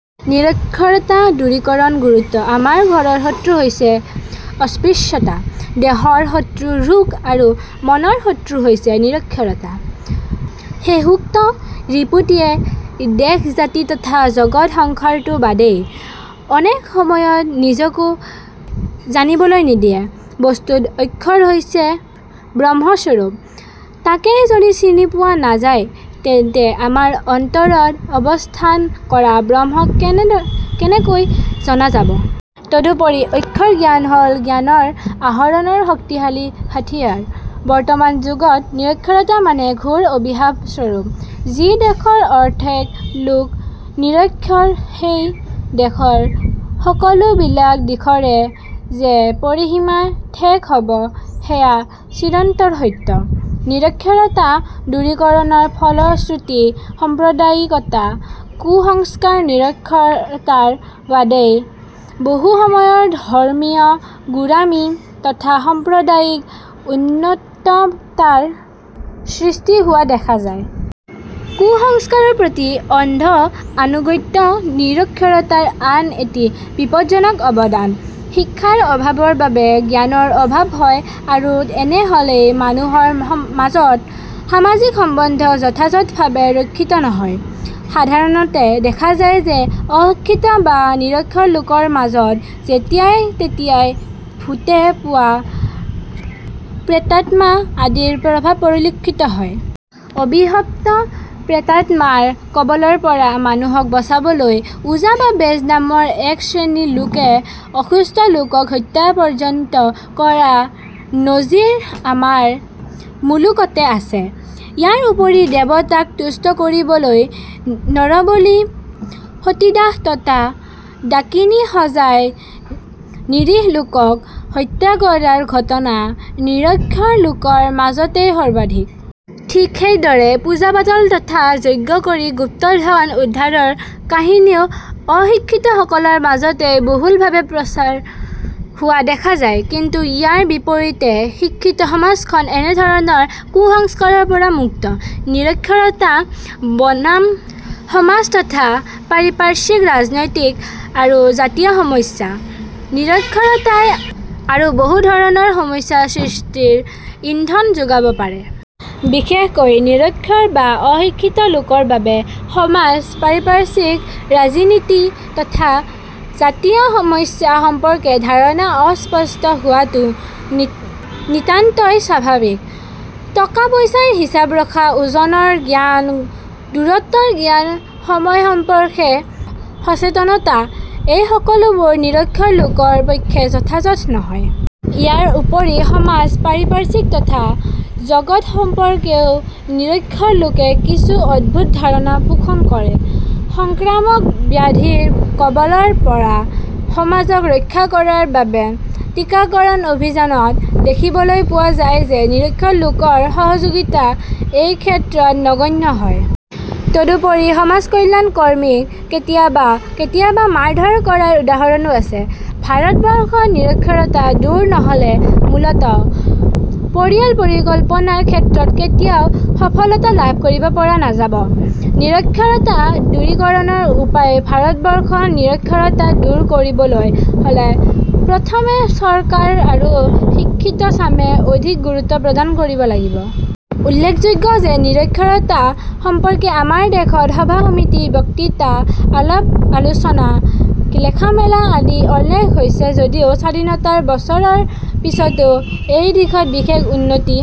নিৰক্ষৰতা দূৰীকৰণ গুৰুত্ব – আমাৰ ঘৰৰ শত্ৰু হৈছে অস্পৃশ্যতা, দেহৰ শত্ৰুৰোগ আৰু মনৰ শত্ৰু হৈছে নিৰক্ষৰতা। শেষোক্ত ৰিপুটিয়ে দেশ, জাতি তথা জগৎ সংসাৰতো বাদেই, অনেক সময়ত নিজকো জানিবলৈ নিদিয়ে। বস্তুতঃ অক্ষৰ হৈছে ব্ৰহ্মস্বৰূপ, তাকেই যদি চিনি পোৱা নাযায় তেন্তে আমাৰ অন্তৰত অৱস্থান কৰা ব্ৰহ্মক কেনেকৈ জনা যাব? তদুপৰি অক্ষৰ জ্ঞান হ'ল জ্ঞানৰ আহৰণৰ শক্তিশালী হাথিয়াৰ। বৰ্তমান যুগত নিৰক্ষৰতা মানেই ঘোৰ অভিশাপস্বৰূপ। যি দেশৰ অৰ্ধেক লোক নিৰক্ষৰ সেই দেশৰ সকলোবিলাক দিশৰেই যে পৰিসীমা ঠেক হ'ব সেয়া চিৰন্তন সত্য। নিৰক্ষৰতা দূৰীকৰণৰ ফলশ্ৰুতি সাম্প্ৰদায়িকতা, কুসংস্কাৰ নিৰক্ষৰতাৰ বাবেই বহুসময়ত ধৰ্মীয় গোড়ামি তথা সাম্প্ৰদায়িক উন্মত্ততাৰ সৃষ্টি হোৱা দেখা যায়। কুসংস্কাৰৰ প্ৰতি অন্ধ আনুগত্য নিৰক্ষৰতাৰ আন এটি বিপজ্জনক অবদান। শিক্ষাৰ অভাৱৰ বাবে জ্ঞানৰ অভাৱ হয় আৰু এনে হ'লেই মানুহৰ মাজত সামাজিক সম্বন্ধ যথাযথভাৱে ৰক্ষিত নহয়। সাধাৰণতে দেখা যায় যে অশিক্ষিত বা নিৰক্ষৰ লোকৰ মাজত যেতিয়াই তেখিয়াই ভূতে পোৱা, প্ৰেতাত্মা আদিৰ প্ৰভাৱ পৰিলক্ষিত হয়। অভিশপ্ত প্ৰেতাত্মাৰ কবলৰ পৰা মানুহক বচাবলৈ 'ওজা বা বেজ' নামৰ একশ্ৰেণী লোকে অসুস্থ লোকক হত্যা পৰ্যন্ত কৰাৰ নজিৰ আমাৰ মুলুকতে আছে। ইয়াৰ উপৰি দেবতাক তুষ্ট কৰিবলৈ নৰবলি, সতীদাহ তথা ডাকিনী সজাই নিৰীহ লোকক হত্যা কৰাৰ ঘটনা নিৰক্ষৰ লোকৰ মাজতেই সৰ্বাধিক। ঠিক সেইদৰে পূজা-পাটল তথা যজ্ঞ কৰি গুপ্ত ধন উদ্ধাৰৰ কাহিনীও অশিক্ষিতসকলৰ মাজতেই বহুলভাৱে প্ৰচাৰ হোৱা দেখা যায়। কিন্তু ইয়াৰ বিপৰীতে শিক্ষিত সমাজখন এনেধৰণৰ কুসংস্কাৰৰ পৰা মুক্ত। নিৰক্ষৰতা বনাম সমাজ তথা পাৰিপাৰ্শ্বিক, ৰাজনৈতিক আৰু জাতীয় সমস্যা – নিৰক্ষৰতাই আৰু বহুধৰণৰ সমস্যা সৃষ্টিত ইন্ধন যোগাব পাৰে। বিশেষকৈ নিৰক্ষৰ বা অশিক্ষিত লোকৰ বাবে সমাজ পাৰিপাৰ্শ্বিক, ৰাজিনীতি তথা জাতীয় সমস্যা সম্পৰ্কে ধাৰণা অস্পষ্ট হোৱাটো নিতান্তই স্বাভাৱিক। টকা-পইচাৰ হিচাপ ৰখা, ওজনৰ জ্ঞান, দূৰত্বৰ জ্ঞান, সময় সম্পৰ্কে সচেতনতা- এই সকলোবোৰ নিৰক্ষৰ লোকৰ পক্ষে যথাযথ নহয়। ইয়াৰ উপৰি সমাজ পাৰিপাৰ্শ্বিক তথা জগত সম্পৰ্কেও নিৰক্ষৰ লোকে কিছু অদ্ভুত ধাৰণা পোষণ কৰে। সংক্ৰামক ব্যাধিৰ কবলৰ পৰা সমাজক ৰক্ষা কৰাৰ বাবে টীকাকৰণ অভিযানত দেখিবলৈ পোৱা যায় যে নিৰক্ষৰ লোকৰ সহযোগিতা এইক্ষেত্ৰত নগণ্য হয়। তদুপৰি সমাজকল্যাণ কৰ্মীক কেতিয়াবা কেতিয়াবা মাৰধৰ কৰাৰ উদাহৰণো আছে। ভাৰতবৰ্ষত নিৰক্ষৰতা দূৰ নহ'লে মূলতঃ পৰিয়াল পৰিকল্পনাৰ ক্ষেত্ৰত কেতিয়াও সফলতা লাভ কৰিব পৰা নাযাব। নিৰক্ষৰতা দূৰীকৰণৰ উপায় ভাৰতবৰ্ষত নিৰক্ষৰতা দূৰ কৰিবলৈ হ'লে প্ৰথমে চৰকাৰ আৰু শিক্ষিতচামে অধিক গুৰুত্ব প্ৰদান কৰিব লাগিব। উল্লেখযোগ্য যে নিৰক্ষৰতা সম্পৰ্কে আমাৰ দেশত সভা-সমিতি, বক্তৃতা, আলাপ-আলোচনা, লেখা-মেলা আদি অনেক হৈছে যদিও স্বাধীনতাৰ বছৰৰ পিছতো এইদিশত বিশেষ উন্নতি